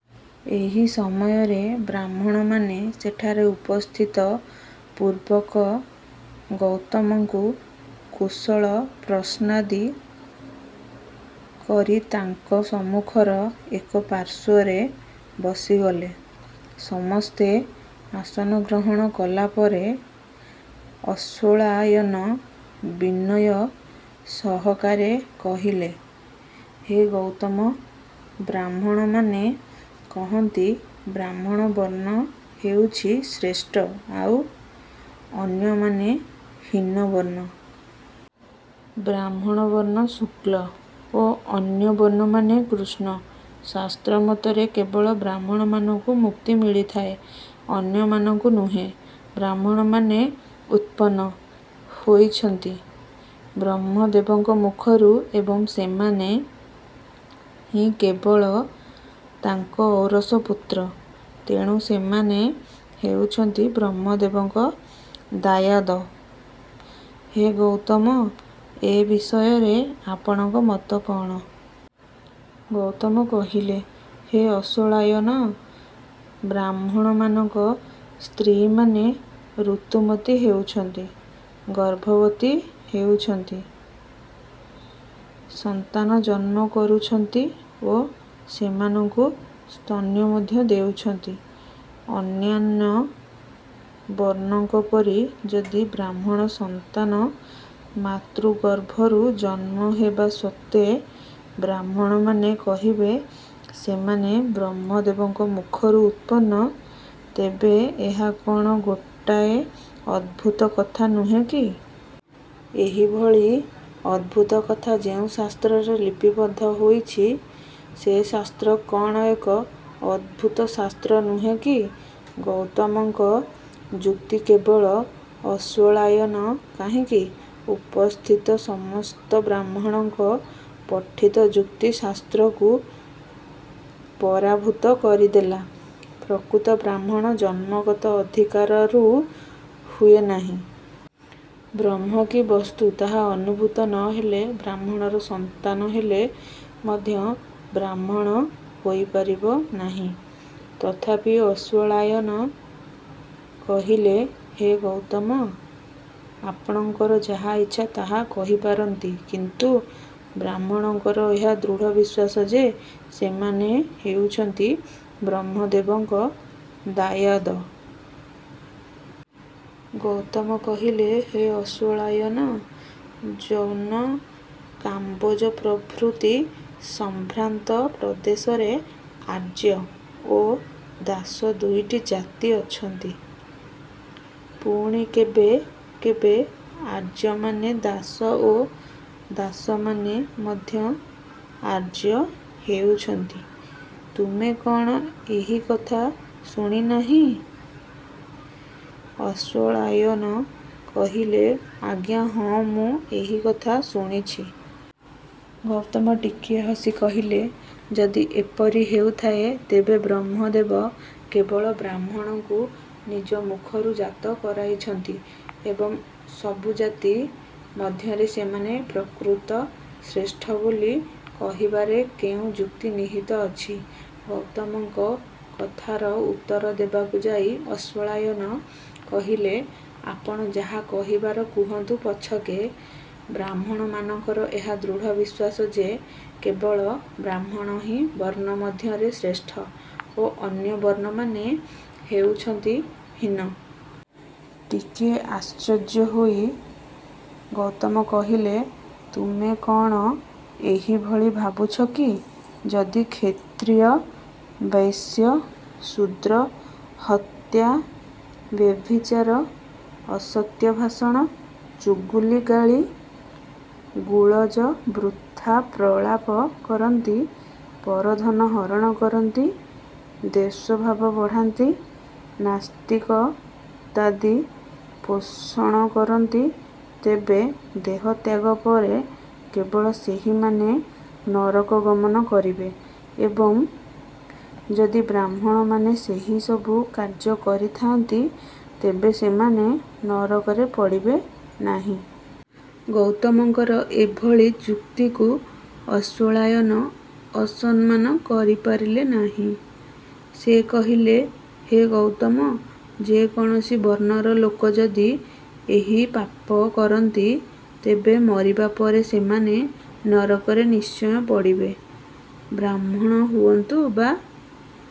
ଏହି ସମୟରେ ବ୍ରାହ୍ମଣମାନେ ସେଠାରେ ଉପସ୍ଥିତ ପୂର୍ବକ ଗୌତମଙ୍କୁ କୁଶଳ ପ୍ରଶ୍ନାଦି କରି ତାଙ୍କ ସମ୍ମୁଖର ଏକ ପାର୍ଶ୍ୱରେ ବସିଗଲେ। ସମସ୍ତେ ଆସନ ଗ୍ରହଣ କଲାପରେ ଅଶ୍ୱଳାୟନ ବିନୟ ସହକାରେ କହିଲେ, ହେ ଗୌତମ! ବ୍ରାହ୍ମଣମାନେ କହନ୍ତି ବ୍ରାହ୍ମଣ ବର୍ଣ୍ଣ ହେଉଛି ଶ୍ରେଷ୍ଠ ଆଉ ଅନ୍ୟମାନେ ହୀନବର୍ଣ୍ଣ। ବ୍ରାହ୍ମଣ ବର୍ଣ୍ଣ ଶୁକ୍ଳ ଓ ଅନ୍ୟ ବର୍ଣ୍ଣମାନେ କୃଷ୍ଣ। ଶାସ୍ତ୍ର ମତରେ କେବଳ ବ୍ରାହ୍ମଣମାନଙ୍କୁ ମୁକ୍ତି ମିଳିଥାଏ, ଅନ୍ୟମାନଙ୍କୁ ନୁହେଁ। ବ୍ରାହ୍ମଣମାନେ ଉତ୍ପନ୍ନ ହୋଇଛନ୍ତି ବ୍ରହ୍ମଦେବଙ୍କ ମୁଖରୁ ଏବଂ ସେମାନେ ହିଁ କେବଳ ତାଙ୍କ ଔରସ ପୁତ୍ର, ତେଣୁ ସେମାନେ ହେଉଛନ୍ତି ବ୍ରହ୍ମଦେବଙ୍କ ଦାୟାଦ। ହେ ଗୌତମ ଏ ବିଷୟରେ ଆପଣଙ୍କ ମତ କ'ଣ? ଗୌତମ କହିଲେ, ହେ ଅଶ୍ୱଳାୟନ! ବ୍ରାହ୍ମଣମାନଙ୍କ ସ୍ତ୍ରୀମାନେ ଋତୁମତି ହେଉଛନ୍ତି, ଗର୍ଭବତୀ ହେଉଛନ୍ତି, ସନ୍ତାନ ଜନ୍ମ କରୁଛନ୍ତି ଓ ସେମାନଙ୍କୁ ସ୍ତନ୍ୟ ମଧ୍ୟ ଦେଉଛନ୍ତି। ଅନ୍ୟାନ୍ୟ ବର୍ଣ୍ଣଙ୍କ ପରି ଯଦି ବ୍ରାହ୍ମଣ ସନ୍ତାନ ମାତୃଗର୍ଭରୁ ଜନ୍ମ ହେବା ସତ୍ତ୍ୱେ ବ୍ରାହ୍ମଣମାନେ କହିବେ ସେମାନେ ବ୍ରହ୍ମଦେବଙ୍କ ମୁଖରୁ ଉତ୍ପନ୍ନ, ତେବେ ଏହା କଣ ଗୋଟାଏ ଅଦ୍ଭୁତ କଥା ନୁହେଁ କି? ଏହିଭଳି ଅଦ୍ଭୁତକଥା ଯେଉଁ ଶାସ୍ତ୍ରରେ ଲିପିବଦ୍ଧ ହୋଇଛି ସେ ଶାସ୍ତ୍ର କଣ ଏକ ଅଦ୍ଭୁତ ଶାସ୍ତ୍ର ନୁହେଁ କି? ଗୌତମଙ୍କ ଯୁକ୍ତି କେବଳ ଅଶ୍ୱଳାୟନ କାହିଁକି ଉପସ୍ଥିତ ସମସ୍ତ ବ୍ରାହ୍ମଣଙ୍କ ପଠିତ ଯୁକ୍ତି ଶାସ୍ତ୍ରକୁ ପରାଭୂତ କରିଦେଲା। ପ୍ରକୃତ ବ୍ରାହ୍ମଣ ଜନ୍ମଗତ ଅଧିକାରରୁ ହୁଏ ନାହିଁ। ବ୍ରହ୍ମ କି ବସ୍ତୁ ତାହା ଅନୁଭୂତ ନହେଲେ ବ୍ରାହ୍ମଣର ସନ୍ତାନ ହେଲେ ମଧ୍ୟ ବ୍ରାହ୍ମଣ ହୋଇପାରିବ ନାହିଁ। ତଥାପି ଅଶ୍ୱଳାୟନ କହିଲେ, ହେ ଗୌତମ! ଆପଣଙ୍କର ଯାହା ଇଚ୍ଛା ତାହା କହିପାରନ୍ତି କିନ୍ତୁ ବ୍ରାହ୍ମଣଙ୍କର ଏହା ଦୃଢ଼ ବିଶ୍ୱାସ ଯେ ସେମାନେ ହେଉଛନ୍ତି ବ୍ରହ୍ମଦେବଙ୍କ ଦାୟାଦ। ଗୌତମ କହିଲେ ହେ ଅଶ୍ୱଳାୟନ! ଯୌନ, କାମ୍ୱୋଜ ପ୍ରଭୃତି ସମ୍ଭ୍ରାନ୍ତ ପ୍ରଦେଶରେ ଆର୍ଯ୍ୟ ଓ ଦାସ ଦୁଇଟି ଜାତି ଅଛନ୍ତି। ପୁଣି କେବେ କେବେ ଆର୍ଯ୍ୟମାନେ ଦାସ ଓ ଦାସମାନେ ମଧ୍ୟ ଆର୍ଯ୍ୟ ହେଉଛନ୍ତି। ତୁମେ କଣ ଏହିକଥା ଶୁଣିନାହିଁ? ଅଶ୍ୱଳାୟନ କହିଲେ, ଆଜ୍ଞା ହଁ ମୁଁ ଏହିକଥା ଶୁଣିଛି। ଗୌତମ ଟିକିଏ ହସି କହିଲେ, ଯଦି ଏପରି ହେଊଥାଏ, ତେବେ ବ୍ରହ୍ମଦେବ କେବଳ ବ୍ରାହ୍ମଣଙ୍କୁ ନିଜ ମୁଖରୁ ଜାତ କରାଇଛନ୍ତି ଏବଂ ସବୁ ଜାତି ମଧ୍ୟରେ ସେମାନେ ପ୍ରକୃତ ଶ୍ରେଷ୍ଠ ବୋଲି କହିବାରେ କେଉଁ ଯୁକ୍ତି ନିହିତ ଅଛି? ଗୌତମଙ୍କ କଥାର ଉତ୍ତର ଦେବାକୁ ଯାଇ ଅଶ୍ୱଳାୟନ କହିଲେ, ଆପଣ ଯାହା କହିବାର କୁହନ୍ତୁ ପଛକେ ବ୍ରାହ୍ମଣମାନଙ୍କର ଏହା ଦୃଢ଼ ବିଶ୍ୱାସ ଯେ କେବଳ ବ୍ରାହ୍ମଣହିଁ ବର୍ଣ୍ଣ ମଧ୍ୟରେ ଶ୍ରେଷ୍ଠ ଓ ଅନ୍ୟ ବର୍ଣ୍ଣମାନେ ହେଉଛନ୍ତି ହୀନ। ଟିକିଏ ଆଶ୍ଚର୍ଯ୍ୟ ହୋଇ ଗୌତମ କହିଲେ, ତୁମେ କଣ ଏହିଭଳି ଭାବୁଛ କି-ଯଦି କ୍ଷତ୍ରୀୟ, ବୈଶ୍ୟ, ଶୂଦ୍ର, ହତ୍ୟା, ବ୍ୟଭିଚାର, ଅସତ୍ୟ ଭାଷଣ, ଚୁଗୁଲି ଗାଳି, ଗୁଳଜ ବୃଥାପ୍ରଳାପ କରନ୍ତି, ପରଧନ ହରଣ କରନ୍ତି, ଦ୍ୱେଷଭାବ ବଢ଼ାନ୍ତି, ନାସ୍ତିକତାଦି ପୋଷଣ କରନ୍ତି ତେବେ ଦେହତ୍ୟାଗ ପରେ କେବଳ ସେହିମାନେ ନରକ ଗମନ କରିବେ ଏବଂ ଯଦି ବ୍ରାହ୍ମଣମାନେ ସେହିସବୁ କାର୍ଯ୍ୟ କରିଥାନ୍ତି ତେବେ ସେମାନେ ନରକରେ ପଡ଼ିବେ ନାହିଁ? ଗୌତମଙ୍କର ଏଭଳି ଯୁକ୍ତିକୁ ଅଶ୍ୱଳାୟନ ଅସମ୍ମାନ କରିପାରିଲେ ନାହିଁ। ସେ କହିଲେ, ହେ ଗୌତମ! ଯେ କୌଣସି ବର୍ଣ୍ଣର ଲୋକ ଯଦି ଏହି ପାପ କରନ୍ତି, ତେବେ ମରିବା ପରେ ସେମାନେ ନରକରେ ନିଶ୍ଚୟ ପଡ଼ିବେ। ବ୍ରାହ୍ମଣ ହୁଅନ୍ତୁ ବା